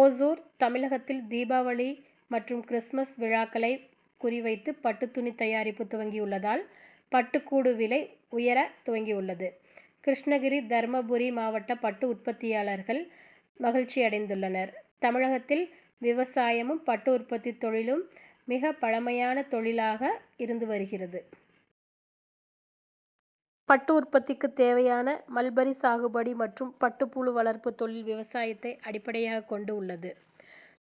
ஓசூர் தமிழகத்தில் தீபாவளி மற்றும் கிறிஸ்துமஸ் விழாக்களை குறி வைத்து பட்டு துணி தயாரிப்பு துவங்கியுள்ளதால், பட்டு கூடு விலை உயர துவங்கியுள்ளது. கிருஷ்ணகிரி, தர்மபுரி மாவட்ட பட்டு உற்பத்தியாளர்கள் மகிழ்ச்சியடைந்துள்ளனர். தமிழகத்தில் விவசாயமும், பட்டு உற்பத்தி தொழிலும் மிக பழமையான தொழிலாளாக இருந்து வருகிறது. பட்டு உற்பத்திக்கு தேவையான மல்பரி சாகுபடி மற்றும் பட்டுப்புழு வளர்ப்பு தொழில் விவசாயத்தை அடிப்படையாக கொண்டு உள்ளது.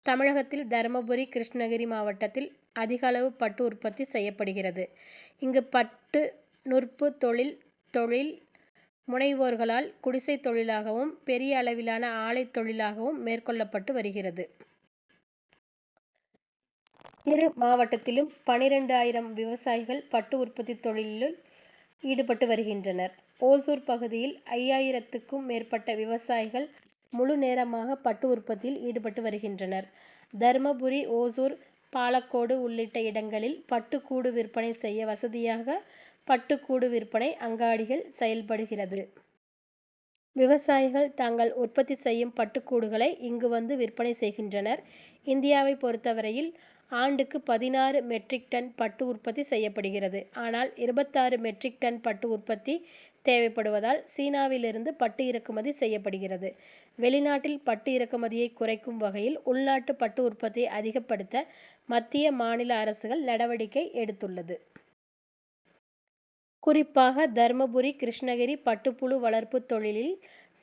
தமிழகத்தில் தர்மபுரி, கிருஷ்ணகிரி மாவட்டத்தில் அதிகளவு பட்டு உற்பத்தி செய்யப்படுகிறது. இங்கு பட்டு நூற்பு தொழில் தொழில் முனைவோர்களால் குடிசை தொழிலாகவும், பெரிய அளவிலான ஆலை தொழிலாகவும் மேற்கொள்ளப்பட்டு வருகிறது. இரு மாவட்டத்திலும் பன்னிரண்டு ஆயிரம் விவசாயிகள் பட்டு உற்பத்தி தொழிலில் ஈடுபட்டு வருகின்றனர். ஓசூர் பகுதியில் ஐயாயிரத்துக்கும் மேற்பட்ட விவசாயிகள் முழுநேரமாக பட்டு உற்பத்தியில் ஈடுபட்டு வருகின்றனர். தர்மபுரி, ஓசூர், பாலக்கோடு உள்ளிட்ட இடங்களில் பட்டு கூடு விற்பனை செய்ய வசதியாக பட்டு கூடு விற்பனை அங்காடிகள் செயல்படு கிறது. விவசாயிகள் தாங்கள் உற்பத்தி செய்யும் பட்டு கூடுகளை இங்கு வந்து விற்பனை செய்கின்றனர். இந்தியாவை பொறுத்தவரையில் ஆண்டுக்கு பதினாறு மெட்ரிக் டன் பட்டு உற்பத்தி செய்யப்படுகிறது. ஆனால், இருபத்தாறு மெட்ரிக் டன் பட்டு உற்பத்தி தேவைப்படுவதால் சீனாவில் இருந்து பட்டு இறக்குமதி செய்யப்படுகிறது. வெளிநாட்டில் பட்டு இறக்குமதியை குறைக்கும் வகையில் உள்நாட்டில் பட்டு உற்பத்தியை அதிகப்படுத்த மத்திய, மாநில அரசுகள் நடவடிக்கை எடுத்துள்ளது. குறிப்பாக தர்மபுரி, கிருஷ்ணகிரி பட்டு புழு வளர்ப்பு தொழிலில்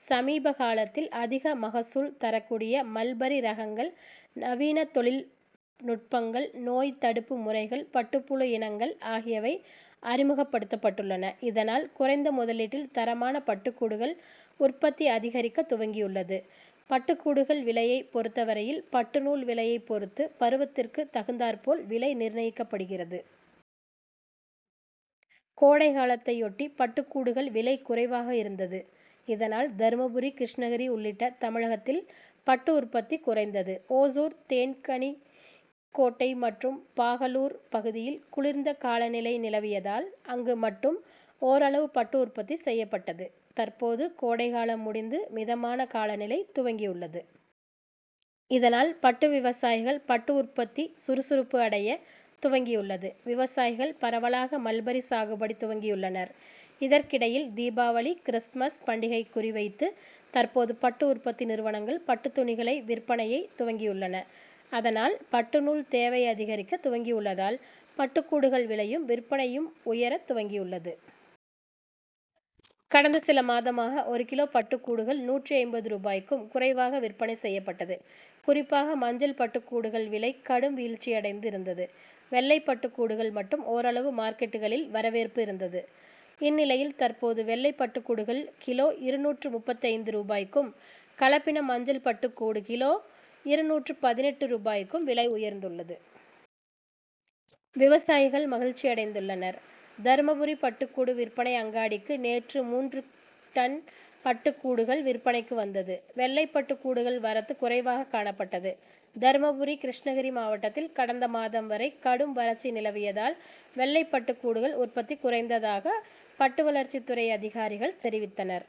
சமீப காலத்தில் அதிக மகசூல் தரக்கூடிய மல்பரி ரகங்கள், நவீன தொழில்நுட்பங்கள், நோய் தடுப்பு முறைகள், பட்டுப்புழு இனங்கள் ஆகியவை அறிமுகப்படுத்தப்பட்டுள்ளன. இதனால், குறைந்த முதலீட்டில் தரமான பட்டு கூடுகள் உற்பத்தி அதிகரிக்க துவங்கியுள்ளது. பட்டு கூடுகள் விலையை பொறுத்தவரையில் பட்டு நூல் விலையை பொறுத்து பருவத்திற்கு தகுந்தாற்போல் விலை நிர்ணயிக்கப்படுகிறது. கோடைகாலத்தையொட்டி பட்டு கூடுகள் விலை குறைவாக இருந்தது. இதனால், தர்மபுரி, கிருஷ்ணகிரி உள்ளிட்ட தமிழகத்தில் பட்டு உற்பத்தி குறைந்தது. ஓசூர், தேன்கனிக்கோட்டை மற்றும் பாகலூர் பகுதியில் குளிர்ந்த காலநிலை நிலவியதால், அங்கு மட்டும் ஒரளவு பட்டு உற்பத்தி செய்யப்பட்டது. தற்போது கோடை காலம் முடிந்து மிதமான காலநிலை துவங்கியுள்ளது. இதனால், பட்டு விவசாயிகள் பட்டு உற்பத்தி சுறுசுறுப்பு அடைய துவங்கியுள்ளது. விவசாயிகள் பரவலாக மல்பரி சாகுபடி துவங்கியுள்ளனர். இதற்கிடையில் தீபாவளி, கிறிஸ்துமஸ் பண்டிகளை குறி வைத்து தற்போது பட்டு உற்பத்தி நிறுவனங்கள் பட்டு துணிகளை விற்பனையை துவங்கியுள்ளன. அதனால், பட்டு நூல் தேவை அதிகரிக்க துவங்கியுள்ளதால், பட்டு கூடுகள் விலையும், விற்பனையும் உயர துவங்கியுள்ளது. கடந்த சில மாதமாக ஒரு கிலோ பட்டு கூடுகள் நூற்று ஐம்பது ரூபாய்க்கும் குறைவாக விற்பனை செய்யப்பட்டது. குறிப்பாக மஞ்சள் பட்டு கூடுகள் விலை கடும் வீழ்ச்சியடைந்து இருந்தது. வெள்ளை பட்டு கூடுகள் மட்டும் ஒரளவு மார்க்கெட்டுகளில் வரவேற்பு இருந்தது. இந்நிலையில் தற்போது வெள்ளை பட்டு கூடுகள் கிலோ இருநூற்று முப்பத்தைந்து ரூபாய்க்கும், கலப்பின மஞ்சள் பட்டு கூடு கிலோ இருநூற்று பதினெட்டு ரூபாய்க்கும் விலை உயர்ந்துள்ளது. விவசாயிகள் மகிழ்ச்சியடைந்துள்ளனர். தர்மபுரி பட்டு கூடு விற்பனை அங்காடிக்கு நேற்று மூன்று டன் பட்டு கூடுகள் விற்பனைக்கு வந்தது. வெள்ளை பட்டு கூடுகள் வரத்து குறைவாக காணப்பட்டது. தர்மபுரி, கிருஷ்ணகிரி மாவட்டத்தில் கடந்த மாதம் வரை கடும் வறட்சி நிலவியதால், வெள்ளை பட்டு கூடுகள் உற்பத்தி குறைந்ததாக பட்டுவளர்ச்சி துறை அதிகாரிகள் தெரிவித்தனர்.